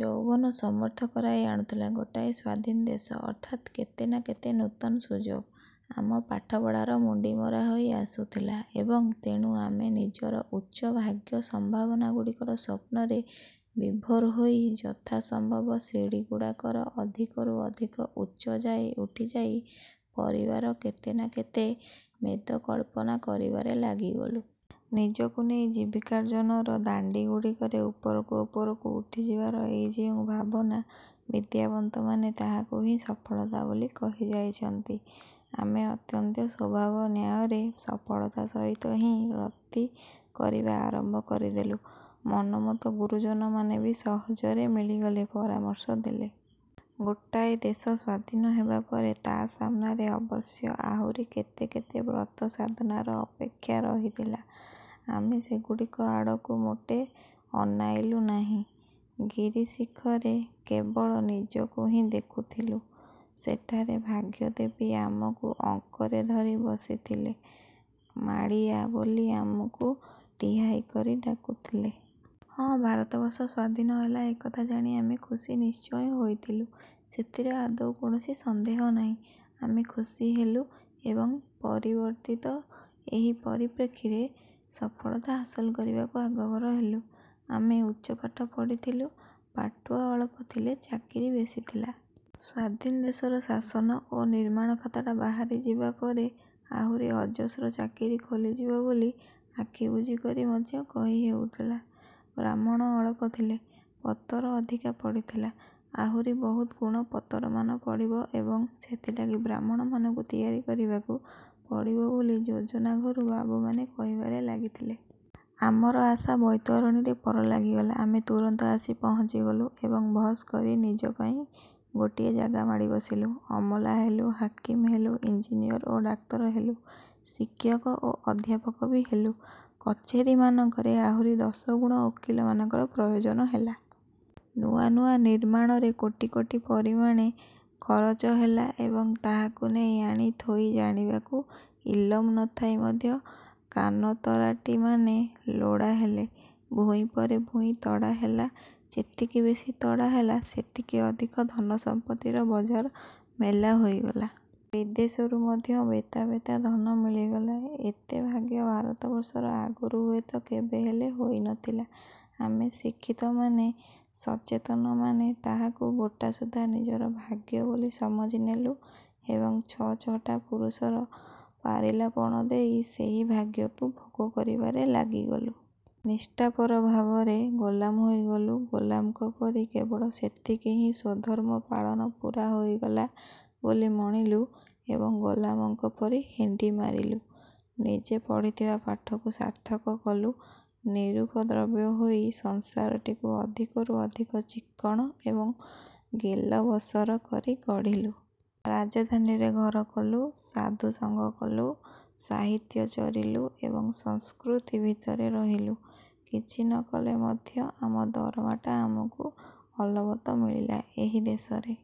ଯୌବନ ସମର୍ଥ କରାଇ ଆଣୁଥିଲା। ଗୋଟାଏ ସ୍ୱାଧନ ଦେଶ, ଅର୍ଥାତ୍ କେତେ ନା କେତେ ନୂତନ ସୁଯୋଗ। ଆମ ପାଠପଢ଼ାର ମୁଣ୍ଡି ମରାହୋଇ ଆସୁଥିଲା ଏବଂ ତେଣୁ ଆମେ ନିଜର ଉଚ୍ଚ ଭାଗ୍ୟ-ସମ୍ଭାବନାଗୁଡ଼ିକର ସ୍ୱପ୍ନରେ ବିଭୋର ହୋଇ ଯଥାସମ୍ଭବ ସିଡ଼ିଗୁଡ଼ାକର ଅଧିକରୁ ଅଧିକ ଉଚ୍ଚ ଯାଏ ଉଠିଯାଇ ପରିବାର କେତେ ନା କେତେ ମେଦକଳ୍ପନା କରିବାରେ ଲାଗିଗଲୁ। ନିଜକୁ ନେଇ ଜୀବିକାର୍ଜନର ଦାଣ୍ଡିଗୁଡ଼ିକରେ ଉପରକୁ ଉପରକୁ ଉଠିଯିବାର ଏଇ ଯେଉଁ ଭାବନା, ବିଦ୍ୟାବନ୍ତମାନେ ତାହାକୁ ହିଁ ସଫଳତା ବୋଲି କହି ଯାଇଛନ୍ତି। ଆମେ ଅତ୍ୟନ୍ତ ସ୍ୱଭାବନ୍ୟାୟରେ ସଫଳତା ସହିତ ହିଁ ରତି କରିବା ଆରମ୍ଭ କରିଦେଲୁ। ମନୋମତ ଗୁରୁଜନମାନେ ବି ସହଜରେ ମିଳିଗଲେ, ପରାମର୍ଶ ଦେଲେ। ଗୋଟାଏ ଦେଶ ସ୍ୱାଧୀନ ହେବାପରେ ତା' ସାମ୍ନାରେ ଅବଶ୍ୟ ଆହୁରି କେତେ କେତେ ବ୍ରତ-ସାଧନାର ଅପେକ୍ଷା ରହିଥିଲା। ଆମେ ସେଗୁଡ଼ିକ ଆଡ଼କୁ ମୋଟେ ଅନାଇଲୁ ନାହିଁ। ଗିରିଶିଖରେ କେବଳ ନିଜକୁ ହିଁ ଦେଖିଥିଲୁ। ସେଠାରେ ଭାଗ୍ୟଦେବୀ ଆମକୁ ଅଙ୍କରେ ଧରି ବସିଥିଲେ। ମାଡ଼ି ଆ' ବୋଲି ଆମକୁ ଟିହାଇ କରି ଡାକୁଥିଲେ। ହଁ, ଭାରତବର୍ଷ ସ୍ୱାଧୀନ ହେଲା, ଏକଥା ଜାଣି ଆମେ ଖୁସି ନିଶ୍ଚୟ ହୋଇଥିଲୁ। ସେଥିରେ ଆଦୌ କୌଣସି ସନ୍ଦେହ ନାହିଁ। ଆମେ ଖୁସି ହେଲୁ ଏବଂ ପରିବର୍ତ୍ତିତ ଏହି ପରିପ୍ରେକ୍ଷୀରେ ସଫଳତା ହାସଲ କରିବାକୁ ଆଗଭର ହେଲୁ। ଆମେ ଉଚ୍ଚ ପାଠ ପଢ଼ିଥିଲୁ। ପାଠୁଆ ଅଳପ ଥିଲେ, ଚାକିରି ବେଶୀ ଥିଲା। ସ୍ୱାଧୀନ ଦେଶର ଶାସନ ଓ ନିର୍ମାଣ-ଖାତାଟା ବାହାରିବା ପରେ ଆହୁରି ଅଜସ୍ର ଚାକିରି ଖୋଲିଯିବ ବୋଲି ଆଖି ବୁଜି କରି ମଧ୍ୟ କହି ହେଉଥିଲା। ବ୍ରାହ୍ମଣ ଅଳପ ଥିଲେ, ପତର ଅଧିକା ପଡ଼ିଥିଲା। ଆହୁରି ବହୁତ ଗୁଣ ପତରମାନ ପଡ଼ିବ ଏବଂ ସେଥିଲାଗି ବ୍ରାହ୍ମଣମାନଙ୍କୁ ତିଆରି କରିବାକୁ ପଡ଼ିବ ବୋଲି ଯୋଜନା-ଘରୁ ବାବୁମାନେ କହିବାରେ ଲାଗିଥିଲେ। ଆମର ଆଶା-ବୈତରଣୀରେ ପର ଲାଗିଗଲା। ଆମେ ତୁରନ୍ତ ଆସି ପହଞ୍ଚିଗଲୁ ଏବଂ ଭସ୍ କରି ନିଜ ପାଇଁ ଗୋଟିଏ ଜାଗା ମାଡ଼ି ବସିଲୁ। ଅମଲା ହେଲୁ, ହାକିମ ହେଲୁ, ଇଞ୍ଜିନିଅର ଓ ଡାକ୍ତର ହେଲୁ। ଶିକ୍ଷକ ଓ ଅଧ୍ୟାପକ ବି ହେଲୁ। କଚେରୀମାନଙ୍କରେ ଆହୁରି ଦଶଗୁଣ ଓକିଲମାନଙ୍କର ପ୍ରୟୋଜନ ହେଲା। ନୂଆ ନୂଆ ନିର୍ମାଣରେ କୋଟି କୋଟି ପରିମାଣେ ଖରଚ ହେଲା ଏବଂ ତାହାକୁ ନେଇ ଆଣି ଥୋଇ ଜାଣିବାକୁ ଇଲମ ନଥାଇ ମଧ୍ୟ କାନତରାଟିମାନେ ଲୋଡ଼ା ହେଲେ। ଭୂଇଁ ପରେ ଭୂଇଁ ତଡ଼ା ହେଲା,- ଯେତିକି ବେଶୀ ତଡ଼ା ହେଲା, ସେତିକି ଅଧିକ ଧନସମ୍ପତ୍ତିର ବଜାର ମେଲା ହୋଇଗଲା। ବିଦେଶରୁ ମଧ୍ୟ ବେତା ବେତା ଧନ ମିଳିଗଲା। ଏତେ ଭାଗ୍ୟ ଭାରତବର୍ଷର ଆଗରୁ ହୁଏତ କେବେହେଲେ ହୋଇନଥିଲା। ଆମେ ଶିକ୍ଷିତମାନେ, ସଚେତନମାନେ ତାହାକୁ ଗୋଟାସୁଦ୍ଧା ନିଜର ଭାଗ୍ୟ ବୋଲି ସମଝି ନେଲୁ ଏବଂ ଛଅ ଛଅଟା ପୁରୁଷର ପାରିଲାପଣ ଦେଇ ସେହି ଭାଗ୍ୟକୁ ଭୋଗ କରିବାରେ ଲାଗିଗଲୁ। ନିଷ୍ଠାପର ଭାବରେ ଗୋଲାମ ହୋଇଗଲୁ, ଗୋଲାମଙ୍କ ପରି କେବଳ ସେତିକିରେ ହିଁ ସ୍ୱଧର୍ମ-ପାଳନ ପୂରା ହୋଇଗଲା ବୋଲି ମଣିଲୁ ଏବଂ ଗୋଲାମଙ୍କ ପରି ହେଣ୍ଡି ମାରିଲୁ। ନିଜେ ପଢ଼ିଥିବା ପାଠକୁ ସାର୍ଥକ କଲୁ। ନିରୁପଦ୍ରବ ହୋଇ ସଂସାରଟିକୁ ଅଧିକରୁ ଅଧିକ ଚିକ୍କଣ ଏବଂ ଗେଲବସର କରି ଗଢ଼ିଲୁ। ରାଜଧାନୀରେ ଘର କଲୁ। ସାଧୁସଙ୍ଗ କଲୁ, ସାହିତ୍ୟ ଚରିଲୁ ଏବଂ ସଂସ୍କୃତି ଭିତରେ ରହିଲୁ। କିଛି ନ କଲେ ମଧ୍ୟ ଆମ ଦରମାଟା ଆମକୁ ଅଲବତ ମିଳିଲା। ଏହି ଦେଶରେ